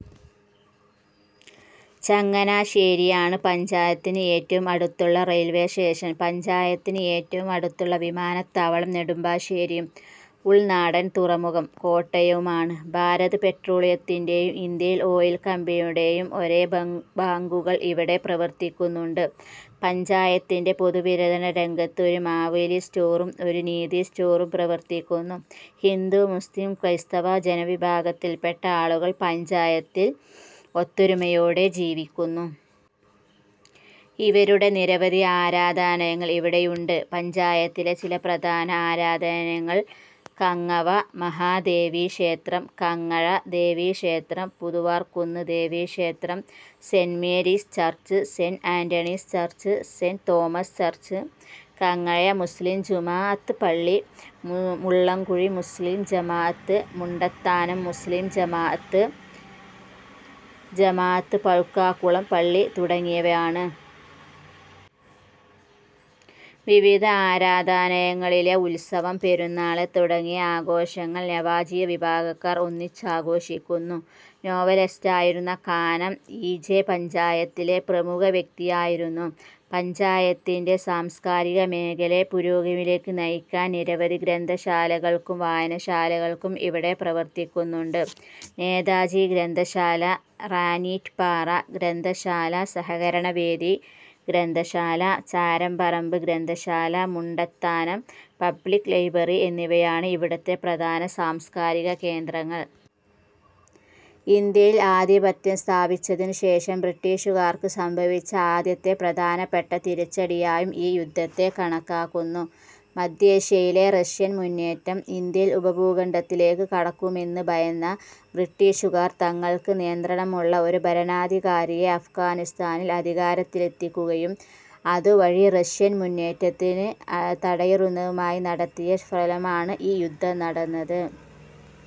ചങ്ങനാശ്ശേരിയാണ് പഞ്ചായത്തിന് ഏറ്റവും അടുത്തുള്ള റെയിൽവേ സ്റ്റേഷൻ. പഞ്ചായത്തിന് ഏറ്റവും അടുത്തുള്ള വിമാനത്താവളം നെടുമ്പാശ്ശേരിയും ഉൾനാടൻ തുറമുഖം കോട്ടയവുമാണ്. ഭാരത് പെട്രോളിയത്തിന്റെയും, ഇന്ത്യൻ ഓയിൽ കമ്പനിയുടെയും ഓരോ ബങ്കുകൾ ഇവിടെ പ്രവർത്തിക്കുന്നുണ്ട്. പഞ്ചായത്തിന്റെ പൊതുവിതരണരംഗത്ത് ഒരു മാവേലി സ്റ്റോറും ഒരു നീതി സ്റ്റോറും പ്രവർത്തിക്കുന്നു. ഹിന്ദു മുസ്ളിം ക്രൈസ്തവ ജനവിഭാഗങ്ങളിൽപെട്ട ആളുകൾ പഞ്ചായത്തിൽ ഒത്തൊരുമയോടെ ജീവിക്കുന്നു. ഇവരുടെ നിരവധി ആരാധനാലയങ്ങൾ ഇവിടെയുണ്ട്. പഞ്ചായത്തിലെ ചില പ്രധാന ആരാധനാലയങ്ങൾ കങ്ങവ മഹാദേവി ക്ഷേത്രം, കങ്ങഴ ദേവീക്ഷേത്രം, പുതുവാർക്കുന്ന് ദേവീക്ഷേത്രം, saint Mary's church, saint Anthony's church, saint Thomas church, Kangazha മുസ്ളീം ജമാ അത്ത്, മുള്ളംകുഴി മുസ്ളീം ജമാ അത്ത്, മുണ്ടത്താനം മുസ്ളീം ജമാഅത്ത്പഴുക്കാകുളം പള്ളി തുടങ്ങിയവയാണ്. വിവിധ ആരാധനാലയങ്ങളിലെ ഉത്സവം, പെരുന്നാൾ തുടങ്ങിയ ആഘോഷങ്ങൾ നാനാജാതിവിഭാഗക്കാർ ഒന്നിച്ചാഘോഷിക്കുന്നു. നോവലിസ്റ്റായിരുന്ന കാനം. ഇ. ജെ. പഞ്ചായത്തിലെ പ്രമുഖ വ്യക്തിയായിരുന്നു. പഞ്ചായത്തിന്റെ സാംസ്കാരിക മേഖലയെ പുരോഗതിയിലേക്ക് നയിക്കാൻ നിരവധി ഗ്രന്ഥശാലകളും വായനശാലകളും ഇവിടെ പ്രവർത്തിക്കുന്നുണ്ട്. നേതാജി ഗ്രന്ഥശാല, റാന്നീറ്റ് പാറ ഗ്രന്ഥശാല, സഹകരണവേദി ഗ്രന്ഥശാല, ചാരംപറമ്പ് ഗ്രന്ഥശാല, മുണ്ടത്താനം പബ്ളിക് ലൈബ്രറി എന്നിവയാണ് ഇവിടത്തെ പ്രധാന സാംസ്കാരിക കേന്ദ്രങ്ങൾ. ഇന്ത്യയിൽ ആധിപത്യം സ്ഥാപിച്ചതിനു ശേഷം ബ്രിട്ടീഷുകാർക്ക് സംഭവിച്ച ആദ്യത്തെ പ്രധാനപ്പെട്ട തിരിച്ചടിയായും ഈ യുദ്ധത്തെ കണക്കാക്കുന്നു. മദ്ധ്യേഷ്യയിലെ റഷ്യൻ മുന്നേറ്റം, ഇന്ത്യൻ ഉപഭൂഖണ്ഡത്തിലേക്ക് കടക്കുമെന്ന് ഭയന്ന ബ്രിട്ടീഷുകാർ, തങ്ങൾക്ക് നിയന്ത്രണമുള്ള ഒരു ഭരണാധികാരിയെ അഫ്ഗാനിസ്താനിൽ അധികാരത്തിലെത്തിക്കുകയും അതുവഴി റഷ്യൻ മുന്നേറ്റത്തിന് തടയിടുന്നതിനുമായി നടത്തിയ ശ്രമഫലമായാണ് ഈ യുദ്ധം നടന്നത്.